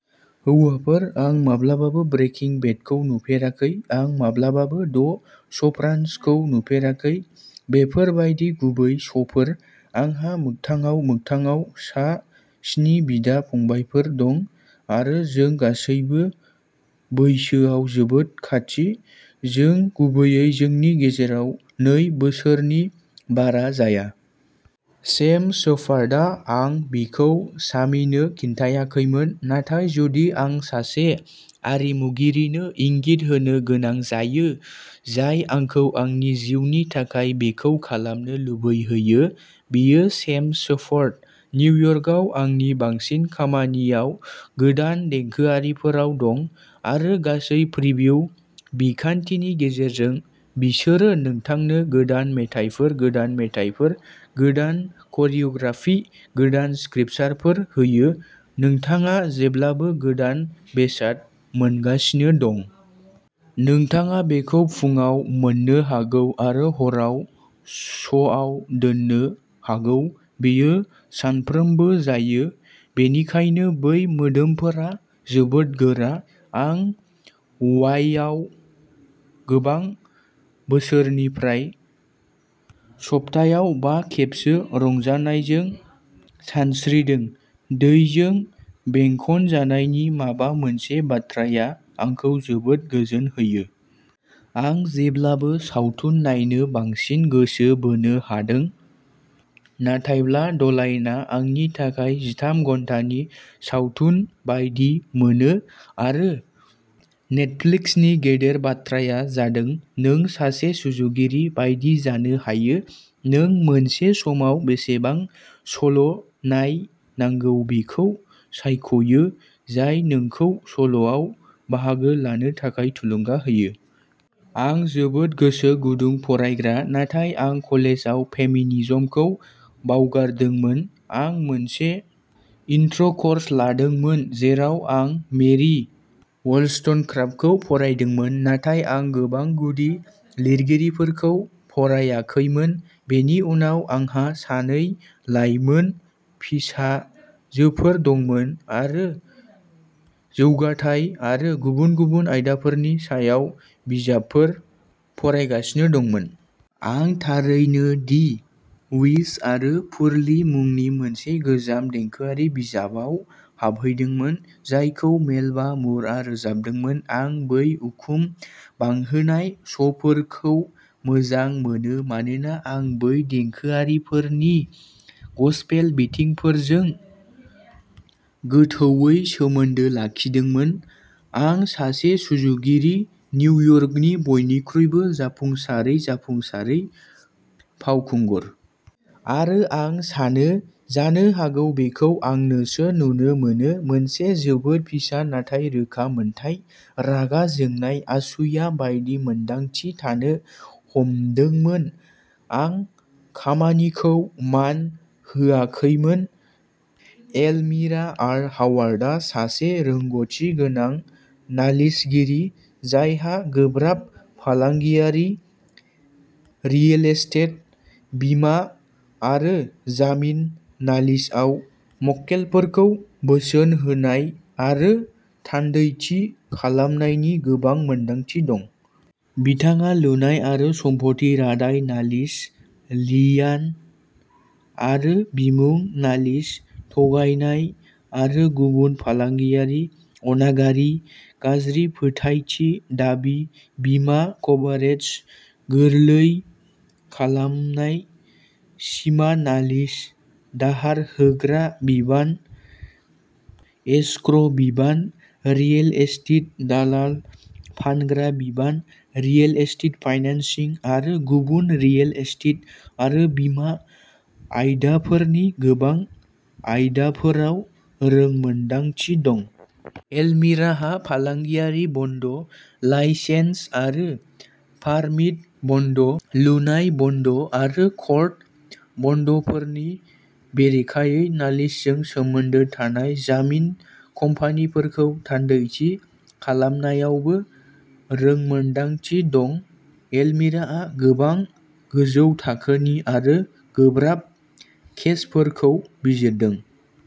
हौवाफोर।'आं माब्लाबाबो'ब्रेकिं बेड'खौ नुफेराखै। आं माब्लाबाबो'द सफ्रान'स'खौ नुफेराखै। बेफोर बायदि गुबै श'फोर। आंहा मोगथाङाव मोगथाङाव सा स्नि बिदा-फंबायफोर दं, आरो जों गासैबो बैसोयाव जोबोद खाथि। जों गुबैयै जोंनि गेजेराव नै बोसोरनि बारा जाया। सेम शेपार्डआ-आं बेखौ सामीनो खिन्थियाखैमोन, नाथाय जुदि आं सासे आरिमुगिरिनो इंगित होनो गोनां जायो जाय आंखौ आंनि जिउनि थाखाय बेखौ खालामनो लुबैहोयो, बेयो सेम शेपार्ड। निउयर्कआव आंनि बांसिन खामानिया गोदान देंखोआरिफोराव दं। आरो गासै प्रिभिउ बिखान्थिनि गेजेरजों, बिसोरो नोंथांनो गोदान मेथाइफोर, गोदान मेथाइफोर, गोदान करिय'ग्राफि, गोदान स्क्रिप्टफोर होयो; नोंथाङा जेब्लाबो गोदान बेसाद मोनगासिनो दं। नोंथाङा बेखौ फुंआव मोननो हागौ आरो हराव श'आव दोननो हागौ। बेयो सानफ्रोमबो जायो, बेनिखायनो बै मोदोमफोरा जोबोद गोरा। आं वाइआव गोबां बोसोरनिफ्राय सप्तायाव बा खेबसो रंजानायजों सानस्रिदों। दैजों बेंखनजानायनि माबा मोनसे बाथ्राया आंखौ जोबोद गोजोन होयो। आं जेब्लाबो सावथुन नायनो बांसिन गोसो बोनो हादों। नाथाय'ब्लाडलाइन'आ, आंनि थाखाय, जिथाम घन्टानि सावथुन बायदि मोनो। आरो नेटफ्लिक्सनि गेदेर बाथ्राया जादों नों सासे सुजुगिरि बायदि जानो हायो। नों मोनसे समाव बेसेबां सल'नाय नांगौ बेखौ सायख'यो, जाय नोंखौ सल'आव बाहागो लानो थाखाय थुलुंगा होयो। आं जोबोद गोसो गुदुं फरायग्रा, नाथाय आं कलेजाव फेमिनिजमखौ बावगारदोंमोन। आं मोनसे इन्ट्र'कर्स लादोंमोन जेराव आं मेरि व'लस्टनक्राफ्टखौ फरायदोंमोन, नाथाय आं गोबां गुदि लिरगिरिफोरखौ फरायाखैमोन। बेनि उनाव आंहा सानै लाइमोन फिसाजोफोर दंमोन आरो जौगाथाय आरो गुबुन गुबुन आयदाफोरनि सायाव बिजाबफोर फरायगासिनो दंमोन। आं थारैनो'दि विज'आरो'पुरली'मुंनि मोनसे गोजाम देंखोआरि बिजाबाव हाबदोंमोन, जायखौ मेलबा मुरआ रोजाबदोंमोन। आं बै उखुम-बांहोनाय श'फोरखौ मोजां मोनो मानोना आं बै देंखोआरिफोरनि गस्पेल बिथिंफोरजों गोथौवै सोमोन्दो लाखिदोंमोन। आं सासे सुजुगिरि। निउयर्कनि बयनिख्रुइबो जाफुंसारै जाफुंसारै फावखुंगुर। आरो आं सानो, जानो हागौ बेखौ आंनोसो नुनो मोनो, मोनसे जोबोद फिसा नाथाय रोखा मोन्थाइ, रागा जोंनाय, असूया बायदि मोनदांथि थानो हमदोंमोन। आं खामानिखौ मान होआखैमोन। एलमिरा आर. हावार्डआ सासे रोंग'थि गोनां नालिसगिरि, जायहा गोब्राब फालांगियारि, रियेल एस्टेट, बीमा आरो जामिन नालिसआव मक्केलफोरखौ बोसोन होनाय आरो थान्दैथि खालामनायनि गोबां मोनदांथि दं। बिथाङा लुनाय आरो सम्पथि रादाय नालिस, लियान आरो बिमुं नालिस, थगायनाय आरो गुबुन फालांगियारि अनागारि, गाज्रि फोथायथि दाबि, बीमा कभारेज, गोरलै खालामनाय, सिमा नालिस, दाहार होग्रा बिबान, एसक्र'बिबान, रियेल एस्टेट दालाल फानग्रा बिबान, रियेल एस्टेट फाइनेन्सिं आरो गुबुन रियेल एस्टेट आरो बिमा आयदाफोरनि गोबां आयदाफोराव रोंमोनदांथि दं। एलमिराहा फालांगियारि बन्ड, लाइसेन्स आरो पारमिट बन्ड, लुनाय बन्ड आरो कर्ट बन्डफोरनि बेरेखायै नालिसजों सोमोन्दो थानाय जामिन कम्पानिफोरखौ थान्दैथि खालामनायावबो रोंमोनदांथि दं। एलमिराआ गोबां गोजौ थाखोनि आरो गोब्राब केसफोरखौ बिजिरदों।